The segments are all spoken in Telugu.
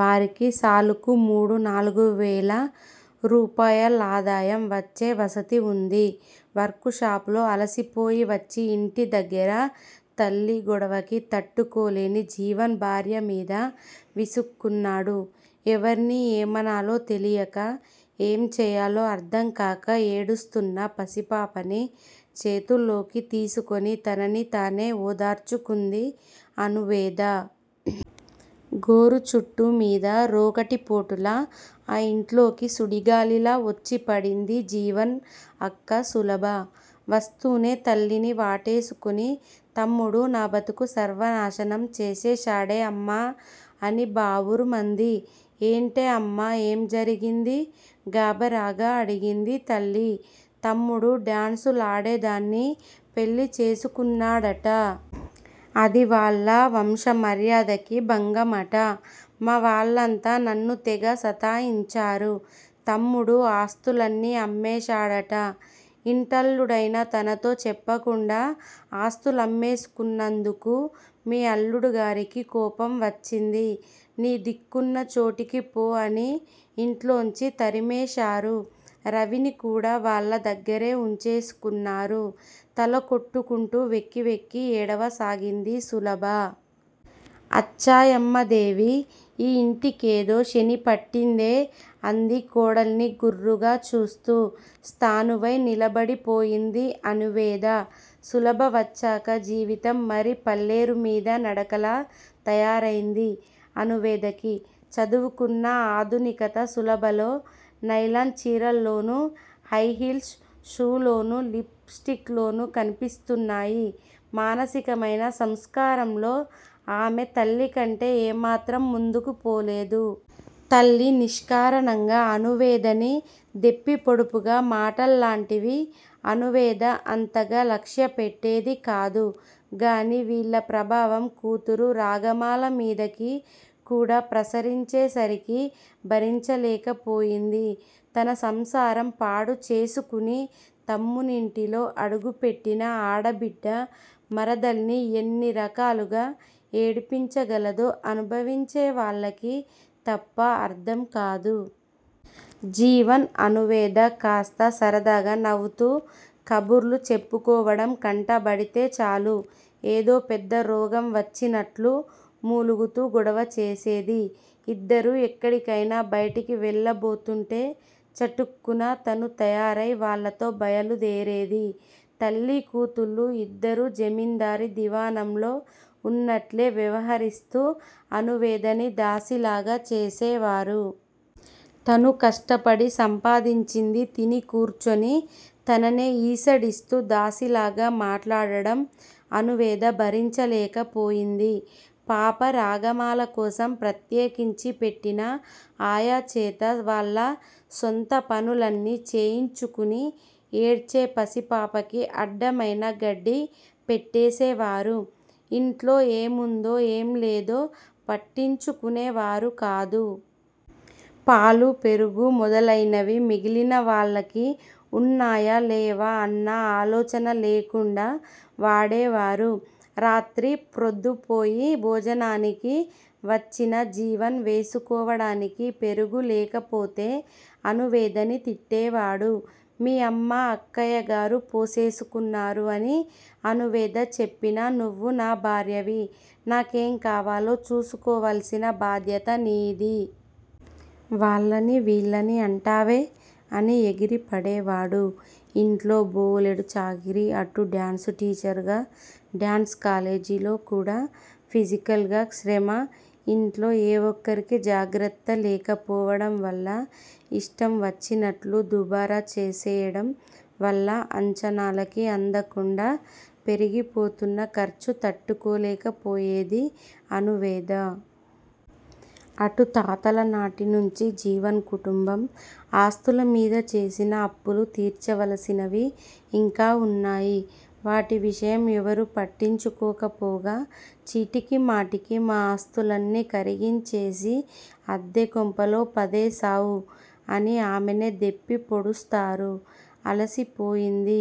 వారికి సాలుకు మూడు నాలుగువేల రూపాయలాదాయం వచ్చే వసతీ వుంది. వర్కుషాప్ లో అలసిపోయి వచ్చి ఇంటిదగ్గర తల్లి గొడవకి తట్టుకోలేని జీవన్ భార్య మీద విసుక్కున్నాడు. ఎవర్ని ఏమనాలో తెలియక, ఏం చెయ్యాలో అర్ధంకాక ఏడుస్తున్న పసిపాపని చేతుల్లోకి తీసుకోని తనని తనే ఒదార్చుకుంది అణువేద. గోరుచుట్టూ మీద రోకటి పోటులా ఆ యింట్లోకి సుడిగాలిలా వొచ్చిపడింది జీవన్ అక్క సులభ. వస్తూనే తల్లిని వాటేసుకుని తమ్ముడూ నా బతుకు సర్వనాసనం చేసేశాడే అమ్మా! అని బావురుమంది. ఏంటే అమ్మా! ఏం జరిగింది? గాభరాగా అడిగింది తల్లి. తమ్ముడు డాన్సు లాడేదాన్ని పెళ్ళి చేసుకున్నాడట. అది వాళ్ళ వంశమర్యాదకి భంగమట మా వాళ్ళంతా నన్ను తెగ సతాయించారు. తమ్ముడూ ఆస్తులన్నీ అమ్మేశాడట. ఇంటల్లుడైన తనతో చెప్పకుండా ఆస్తులమ్మేసుకున్నందుకు మీ అల్లుడిగారికి కోపం వచ్చింది. నీ దిక్కున్న చోటికి ఫో! అని యింట్లోంచి తరిమేశారు. రవిని కూడా వాళ్ళ దగ్గిరే వుంచేసుకున్నారు. తల కొట్టుకుంటూ వెక్కి వెక్కి ఏడవసాగింది సులభ. అచ్చయ్యమ్మాదేవి, ఈ యింటికేదో శని పట్టిందే అంది కోడల్ని గుర్రుగా చూస్తూ. స్థాణువై నిలబడిపోయింది అణువేద. సులభ వచ్చాక జీవితం మరి పల్లేరు మీద నడకలా తయారైంది అణువేదకి. చదువుకున్న ఆధునికత సులభలో నైలాన్ చీరల్లోను, హైహిల్స్ షూల్లోనూ, లిప్ స్టిక్ లోను కనిపిస్తున్నాయి మానసికమైన సంస్కారంలో ఆమె తల్లి కంటే ఏ మాత్రం ముందుకు పోలేదు. తల్లి నిష్కారణంగా అణువేదని దెప్పిపొడుపుగా మాటల్లాంటివి అణువేద అంతగా లక్ష్యపెట్టేది కాదు గానీ వీళ్ళ ప్రభావం కూతురు రాగమాల మీదకి కూడా ప్రసరించేసరికి భరించలేకపోయింది. తన సంసారం పాడు చేసుకుని తమ్మునింటిలో అడుగు పెట్టిన ఆడబిడ్డ మరదల్ని యెన్ని రకాలుగా ఏడిపించగలదో అనుభవించే వాళ్ళకి తప్ప అర్ధం కాదు. జీవన్, అణువేద కాస్త సరదాగా నవుతూ కబుర్లు చెప్పుకోవడం కంటబడితే చాలు ఏదో పెద్ద రోగం వచ్చినట్లు మూలుగుతూ గొడవచేసేది. ఇద్దరూ ఎక్కడికైనా బయటికి వెళ్లబోతుంటే చటుక్కున తనూ తయారై వాళ్లతో బయలుదేరేది. తల్లి కూతుళ్ళు యిద్దరూ జమిందారీ దివాణంలో వున్నట్లే వ్యవహరిస్తూ అణువేదని దాసీలాగ చేసేవారు. తను కష్టపడి సంపాదించింది తిని కూర్చుని తననే ఈసడిస్తూ దాసీలాగా మాట్లాడడం అణువేద భరించలేకపోయింది. పాప రాగమాల కోసం ప్రత్యేకించి పెట్టిన ఆయా చేత వాళ్ళ స్వంత పనులన్నీ చేయించుకుని ఏడ్చే పసిపాపకి అడ్డమైన గడ్డి పెట్టేసేవారు. ఇంట్లో ఏముందో ఏం లేదో పట్టించుకునేవారు కాదు. పాలు పెరుగు మొదలయినవి మిగిలిన వాళ్ళకి వున్నాయా లేవా అన్న ఆలోచన లేకుండా వాడేవారు. రాత్రి ప్రొద్దుపోయి భోజనానికి వచ్చిన జీవన్ వేసుకోవడానికి పెరుగు లేకపోతే అణువేదని తిట్టేవాడు. మీ అమ్మ, అక్కయ్యగారు పోసేసుకున్నారు. అని అణువేద చెప్పినా, నువ్వు నా భార్యవి. నాకేం కావాలో చూసుకోవాల్సిన బాధ్యత నీది. వాళ్ళని వీళ్ళని అంటావే? అని ఎగిరి పడేవాడు. ఇంట్లో బోలెడు చాకిరీ, అటు డాన్సు టీచరుగా డాన్సు కాలేజిలో కూడా ఫిజికల్ గా శ్రమ, యింట్లో ఏ ఒక్కరికి జాగర్త లేకపోవడం వల్ల, యిష్టం వచ్చినట్లు దుబారా చేసేయడం వల్ల, అంచనాలకి అందకుండా పెరిగిపోతున్న ఖర్చు తట్టుకోలేకపోయేది అణువేద. అటు తాతల నాటి నుంచి జీవన్ కుటుంబం ఆస్తుల మీద చేసిన అప్పులు తిర్చవలసినవి ఇంకా వున్నాయి. వాటి విషయం ఎవరూ పట్టించుకోక పోగా చీటికి మాటికి, మా ఆస్తులన్నీ కరిగించేసి అద్దె కొంపలో పదేశావు. అని ఆమెనే దెప్పి పొడుస్తారు. అలసిపోయింది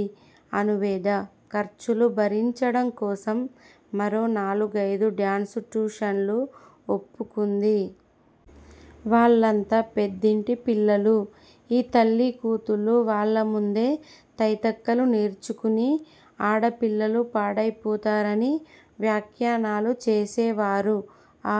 అణువేద. ఖర్చులు భరించడం కోసం మరో నాలుగైదు డాన్సు ట్యుషన్లు వోప్పుకుంది. వాళ్ళంతా పెద్దింటి పిల్లలు. ఈ తల్లి కూతుళ్ళు వాళ్ళ ముందే, తైతక్కలు నేర్చుకుని ఆడపిల్లలు పాడైపోతారని వ్యాఖ్యానాలు చేసేవారు. ఆ